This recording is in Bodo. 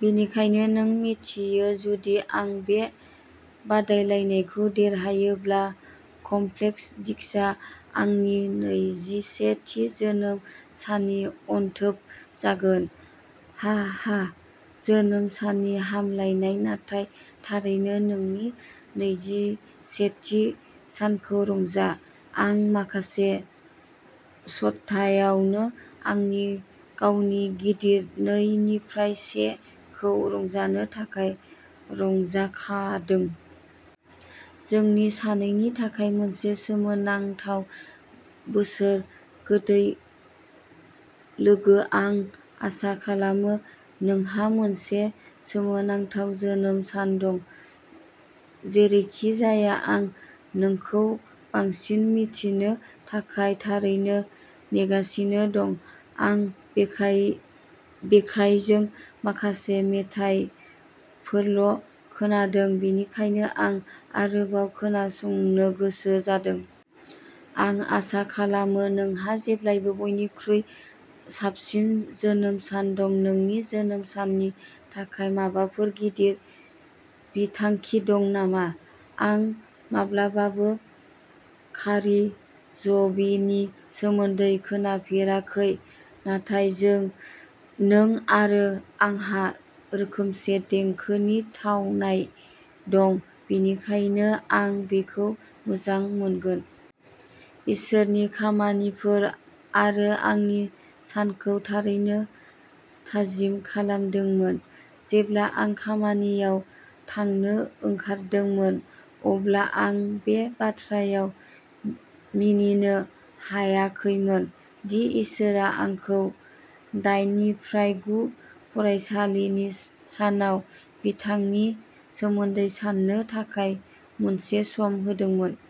बेनिखायनो नों मिन्थियो, जुदि आं बे बादायलायनायखौ देरहायोब्ला कमफ्लेक्स डिस्कआ आंनि नैजिसेथि जोनोम साननि अनथोब जागोन। हाहा जोनोम साननि हामलायनाय नाथाय, थारैनो नोंनि नैजिसेथि सानखौ रंजा। आं माखासे सप्तायावनो आंनि गावनि गिदिर नै निफ्राय से खौ रंजानो थाखाय रंजाखादों। जोंनि सानैनि थाखाय मोनसे सोमोनांथाव बोसोर, गोदै लोगो आं आसा खालामो नोंहा मोनसे सोमोनांथाव जोनोम सान दं। जेरैखिजाया, आं नोंखौ बांसिन मिन्थिनो थाखाय थारैनो नेगासिनो दं। आं बेकायजों माखासे मेथाइफोरल' खोनादों, बेनिखायनो आं आरोबाव खोनासंनो गोसो जादों। आं आसा खालामो नोंहा जेब्लाबो बयनिख्रुइ साबसिन जोनोम सान दं, नोंनि जोनोम साननि थाखाय माबाफोर गिदिर बिथांखि दं नामा? आं माब्लाबाबो कारी ज'बिनि सोमोन्दै खोनाफेराखै, नाथाय जों नों आरो आंहा रोखोमसे देंखोनि थावनाय दं, बेनिखायनो आं बेखौ मोजां मोनगोन। इसोरनि खामानिफोर आरो आंनि सानखौ थारैनो थाजिम खालामदोंमोन। जेब्ला आं खामानियाव थांनो ओंखारदोंमोन, अब्ला आं बे बाथ्रायाव मिनिनो हायाखैमोन दि इसोरआ आंखौ दाइननिफ्राय गु फरायसालिनि सानाव बिथांनि सोमोन्दै साननो थाखाय मोनसे सम होदोंमोन।